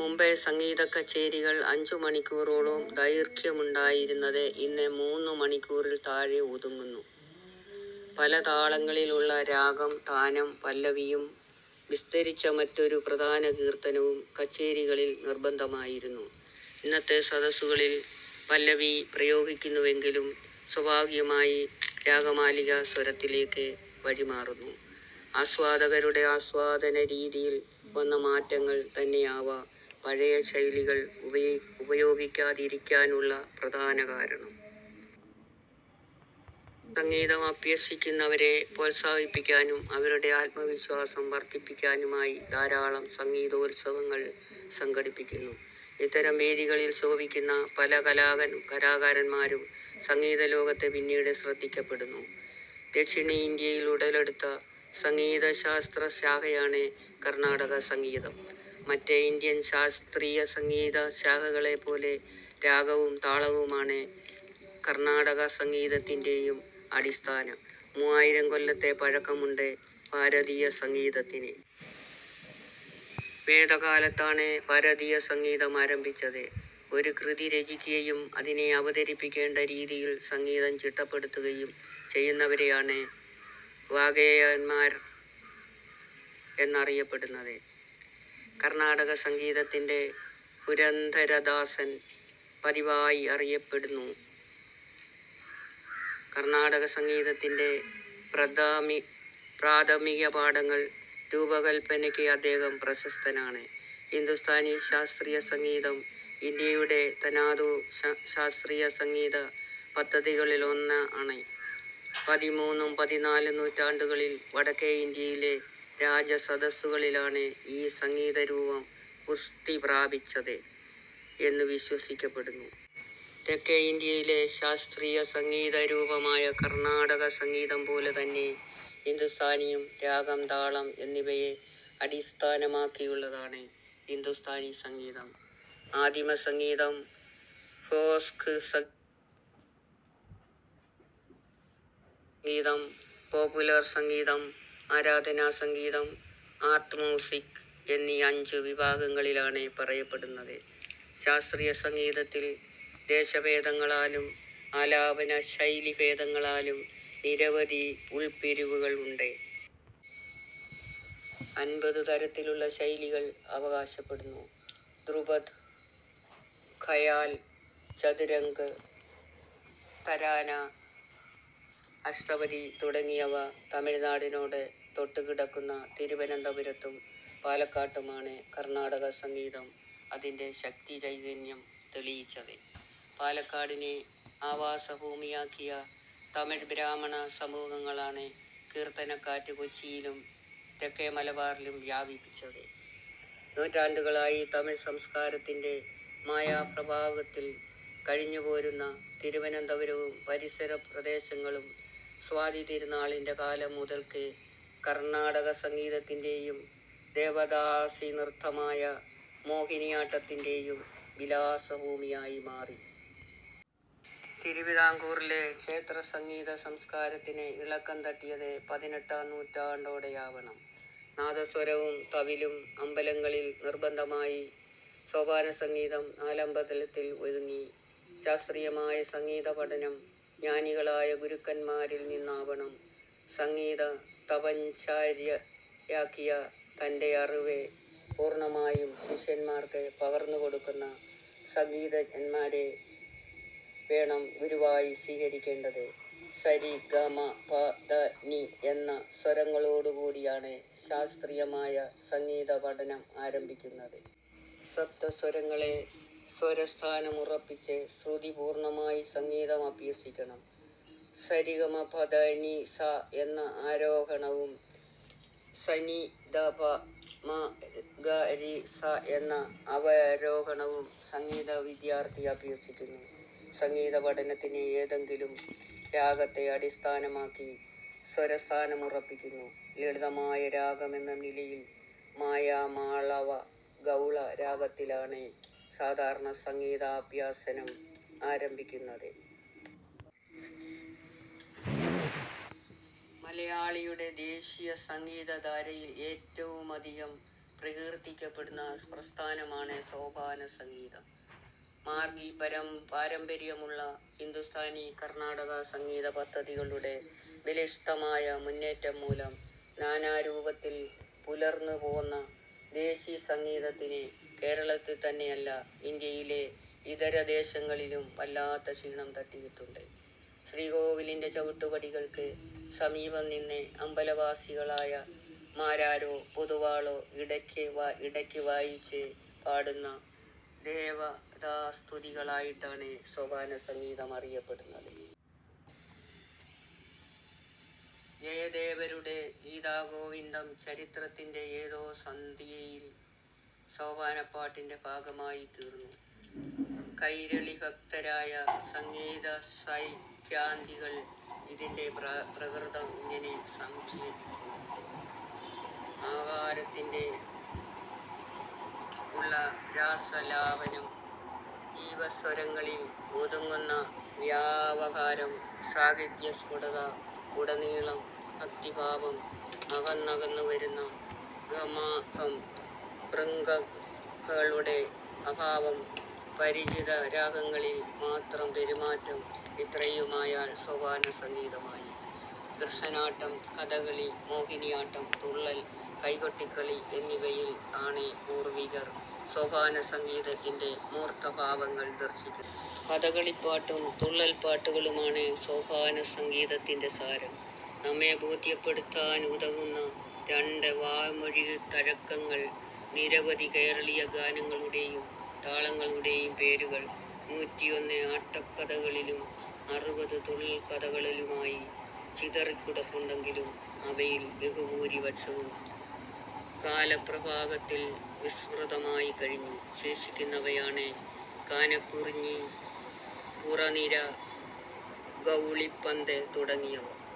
മുമ്പ് സംഗീതകച്ചേരികൾ അഞ്ചുമണിക്കൂറോളം ദൈർഘ്യമുണ്ടായിരുന്നത് ഇന്ന് മൂന്ന് മണിക്കൂറിൽ താഴെ ഒതുങ്ങുന്നു. പല താളങ്ങളിൽ ഉള്ള രാഗം താനം പല്ലവിയും വിസ്തരിച്ച മറ്റൊരു പ്രധാന കീർത്തനവും കച്ചേരികളിൽ നിർബന്ധമായിരുന്നു. ഇന്നത്തെ സദസ്സുകളിൽ പല്ലവി പ്രയോഗിക്കുന്നുവെങ്കിലും സ്വാഭാവികമായി രാഗമാലിക സ്വരത്തിലേക്ക് വഴിമാറുന്നു. ആസ്വാദകരുടെ ആസ്വാദനരീതിയിൽ വന്ന മാറ്റങ്ങൾ തന്നെയാവാം പഴയ ശൈലികൾ ഉപയോഗിക്കാതിരിക്കാനുള്ള പ്രധാന കാരണം. സംഗീതം അഭ്യസിക്കുന്നവരെ പ്രോത്സാഹിപ്പിക്കാനും അവരുടെ ആത്മവിശ്വാസം വർദ്ധിപ്പിക്കാനുമായി ധാരാളം സംഗീതോത്സവങ്ങൾ സംഘടിപ്പിക്കുന്നു. ഇത്തരം വേദികളിൽ ശോഭിക്കുന്ന പല കലാകാരന്മാരും സംഗീതലോകത്ത് പിന്നീട് ശ്രദ്ധിക്കപ്പെടുന്നു ദക്ഷിണേന്ത്യയിൽ ഉടലെടുത്ത ശാസ്ത്രീയസംഗീത ശാഖയാണ് കർണ്ണാടക സംഗീതം. മറ്റ് ഇന്ത്യൻ ശാസ്ത്രീയസംഗീത ശാഖകളെപ്പോലെ രാഗവും താളവുമാണ് കർണ്ണാടകസംഗീതത്തിന്റെയും അടിസ്ഥാനം. മൂവായിരം കൊല്ലത്തെ പഴക്കമുണ്ട് ഭാരതീയസംഗീതത്തിന്. വേദകാലത്താണ് ഭാരതീയസംഗീതം ആരംഭിച്ചത്. ഒരു കൃതി രചിക്കുകയും അതിനെ അവതരിപ്പിക്കേണ്ട രീതിയിൽ സംഗീതം ചിട്ടപ്പെടുത്തുകയും ചെയ്യുന്നവരെയാണ് വാഗ്ഗേയകാരന്മാർ എന്നറിയപ്പെടുന്നത്. കർണാടകസംഗീതത്തിന്റെ പുരന്ദരദാസൻ പിതാവായി അറിയപ്പെടുന്നു. കർണാടകസംഗീതത്തിന്റെ പ്രാഥമികപാഠങ്ങൾ രൂപകൽപ്പനയ്ക്ക് അദ്ദേഹം പ്രശസ്തനാണ്. ഹിന്ദുസ്ഥാനി ശാസ്ത്രീയ സംഗീതം ഇന്ത്യയുടെ തനതു ശാസ്ത്രീയ സംഗീത പദ്ധതികളിലൊന്നാണ്. പതിമൂന്നും പതിനാലും നൂറ്റാണ്ടുകളിൽ വടക്കേ ഇന്ത്യയിലെ രാജ സദസ്സുകളിലാണ് ഈ സംഗീത രൂപം പുഷ്ടി പ്രാപിച്ചത് എന്നു വിശ്വസിക്കപ്പെടുന്നു. തെക്കേ ഇന്ത്യയിലെ ശാസ്ത്രീയ സംഗീത രൂപമായ കർണാടക സംഗീതം പോലെ തന്നെ ഹിന്ദുസ്ഥാനിയും രാഗം, താളം എന്നിവയെ അടിസ്ഥാനമാക്കിയുള്ളതാണ്. ഹിന്ദുസ്ഥാനി സംഗീതം ആദിമസംഗീതം, ഫോക്സംഗീതം, പോപ്പുലർ സംഗീതം, ആരാധനാ സംഗീതം, ആർട്ട് മ്യൂസിക് എന്നീ അഞ്ചു വിഭാഗങ്ങളിലായാണ് പറയപ്പെടുന്നത്. ശാസ്ത്രീയസംഗീതത്തിൽ ദേശഭേദങ്ങളാലും ആലാപനശൈലീഭേദങ്ങളാലും നിരവധി ഉൾപ്പിരിവുകൾ ഉണ്ട്. അൻപത് തരത്തിലുള്ള ശൈലികൾ അവകാശപ്പെടുന്നു. ധ്രുപദ്, ഖയാൽ, ചതുരംഗ്, തരാന, അഷ്ടപദി തുടങ്ങിയവ. തമിഴ്നാടിനോട് തൊട്ട്കിടക്കുന്ന തിരുവനന്തപുരത്തും പാലക്കാട്ടുമാണ് കർണാടക സംഗീതം അതിന്റെ ശക്തി ചൈതന്യം തെളിയിച്ചത്. പാലക്കാടിനെ ആവാസഭൂമിയാക്കിയ തമിഴ് ബ്രാഹ്മണ സമൂഹങ്ങളാണ് 'കീർത്തനക്കാറ്റ്' കൊച്ചിയിലും തെക്കേ മലബാറിലും വ്യാപിപ്പിച്ചത്. നൂറ്റാണ്ടുകളായി തമിഴ് സംസ്കാരത്തിന്റെ മായികപ്രഭാവത്തിൽ കഴിഞ്ഞ്പോരുന്ന തിരുവനന്തപുരവും പരിസര പ്രദേശങ്ങളും സ്വാതി തിരുനാളിന്റെ കാലം മുതൽക്ക് കർണാടകസംഗീതത്തിന്റെയും ദേവദാസി നൃത്തമായ മോഹിനിയാട്ടത്തിന്റെയും വിലാസഭൂമിയായി മാറി. തിരുവിതാംകൂറിലെ ക്ഷേത്രസംഗീതസംസ്കാരത്തിന് ഇളക്കം തട്ടിയത് പതിനെട്ടാം നൂറ്റാണ്ടോടെയാവണം. നാദസ്വരവും തവിലും അമ്പലങ്ങളിൽ നിർബന്ധമായി. സോപാന സംഗീതം നാലമ്പലത്തിൽ ഒതുങ്ങി. ശാസ്ത്രീയമായ സംഗീതപഠനം ജ്ഞാനികളായ ഗുരുക്കൻമാരിൽ നിന്നാവണം. സംഗീതം തപശ്ചര്യയാക്കിയ തന്റെ അറിവ് പൂർണമായും ശിഷ്യൻമാർക്ക് പകർന്നുകൊടുക്കുന്ന സംഗീതജ്ഞൻമാരേ വേണം ഗുരുവായി സ്വീകരിക്കേണ്ടത്. സ, രി ,ഗ, മ ,പ ,ധ ,നി എന്ന സ്വരങ്ങളോടുകൂടിയാണ് ശാസ്ത്രീയമായ സംഗീതപഠനം ആരംഭിക്കുന്നത്. സപ്ത സ്വരങ്ങളെ സ്വരസ്ഥാനമുറപ്പിച്ച് ശ്രുതി പൂർണമായി സംഗീതം അഭ്യസിക്കണം. സരിഗമപധനിസ എന്ന ആരോഹണവും സനിധപമഗരിസ എന്ന അവരോഹണവും സംഗീത വിദ്യാർത്ഥി അഭ്യസിക്കുന്നു. സംഗീത പഠനത്തിന് ഏതെങ്കിലും രാഗത്തെ അടിസ്ഥാനമാക്കി സ്വരസ്ഥാനമുറപ്പിക്കുന്നു. ലളിതമായ രാഗം എന്ന നിലയിൽ മായാമാളവ ഗൗള രാഗത്തിലാണ് സാധാരണ സംഗീതാഭ്യസനം ആരംഭിക്കുന്നത്. മലയാളിയുടെ 'ദേശി' സംഗീതധാരയിൽ ഏറ്റവുമധികം പ്രകീർത്തിക്കപ്പെടുന്ന പ്രസ്ഥാനമാണ് സോപാനസംഗീതം. 'മാർഗി' പാരമ്പര്യമുള്ള ഹിന്ദുസ്ഥാനി-കർണാടക സംഗീത പദ്ധതികളുടെ ബലിഷ്ടമായ മുന്നേറ്റം മൂലം നാനാരൂപത്തിൽ പുലർന്നുപോന്ന 'ദേശി' സംഗീതത്തിന് കേരളത്തിൽതന്നെയല്ല ഇന്ത്യയിലെ ഇതരദേശങ്ങളിലും വല്ലാത്ത ക്ഷീണം തട്ടിയിട്ടുണ്ട്. ശ്രീകോവിലിന്റെ ചവിട്ടുപടികൾക്ക് സമീപം നിന്ന് അമ്പലവാസികളായ മാരാരോ പൊതുവാളോ ഇടക്ക് വായിച്ച് പാടുന്ന ദേവതാസ്തുതികളായിട്ടാണ് സോപാന സംഗീതം അറിയപ്പെടുന്നത്. ജയദേവരുടെ ഗീതാഗോവിന്ദം ചരിത്രത്തിന്റെ ഏതോ സന്ധിയിൽ സോപാനപ്പാട്ടിന്റെ ഭാഗമായി തീർന്നു. കൈരളീഭക്തരായ സംഗീതസൈദ്ധാന്തികർ ഇതിന്റെ പ്രകൃതം ഇങ്ങനെ സംക്ഷേപിക്കുന്നു. 'അ' കാരത്തിൽ ഉള്ള രാഗാലാപനം, ജീവസ്വരങ്ങളിൽ ഒതുങ്ങുന്ന വ്യവഹാരം, സാഹിത്യ സ്ഫുടത, ഉടനീളം ഭക്തിഭാവം, അകന്നകന്ന് വരുന്ന ഗമകം,'ഭൃഗ'കളുടെ അഭാവം, പരിചിത രാഗങ്ങളിൽ മാത്രം പെരുമാറ്റം ഇത്രയുമായാൽ സോപാന സംഗീതമായി. കൃഷ്ണനാട്ടം, കഥകളി, മോഹിനിയാട്ടം, തുള്ളൽ, കൈകൊട്ടിക്കളി എന്നിവയിൽ ആണ് പൂർവികർ സോപാനസംഗീതത്തിന്റെ മൂർത്തഭാവങ്ങൾ ദർശിക്കുന്നത്. കഥകളിപ്പാട്ടും തുള്ളൽപ്പാട്ടുകളുമാണ് സോപാനസംഗീതത്തിന്റെ സാരം നമ്മെ ബോദ്ധ്യപ്പെടുത്താനുതകുന്ന രണ്ട് വാമൊഴിത്തഴക്കങ്ങൾ. നിരവധി കേരളീയ ഗാനങ്ങളുടെയും താളങ്ങളുടെയും പേരുകൾ നൂറ്റിയൊന്ന് ആട്ടക്കഥകളിലും അറുപത് തുള്ളൽക്കഥകളിലുമായി ചിതറിക്കിടപ്പുണ്ടെങ്കിലും അവയിൽ ബഹുപൂരിപക്ഷവും കാലപ്രവാഹത്തിൽ വിസ്മൃതമായി കഴിഞ്ഞു. ശേഷിക്കുന്നവയാണ് കാനക്കുറിഞ്ഞി, പുറനിര, ഗൌളിപന്ത് തുടങ്ങിയവ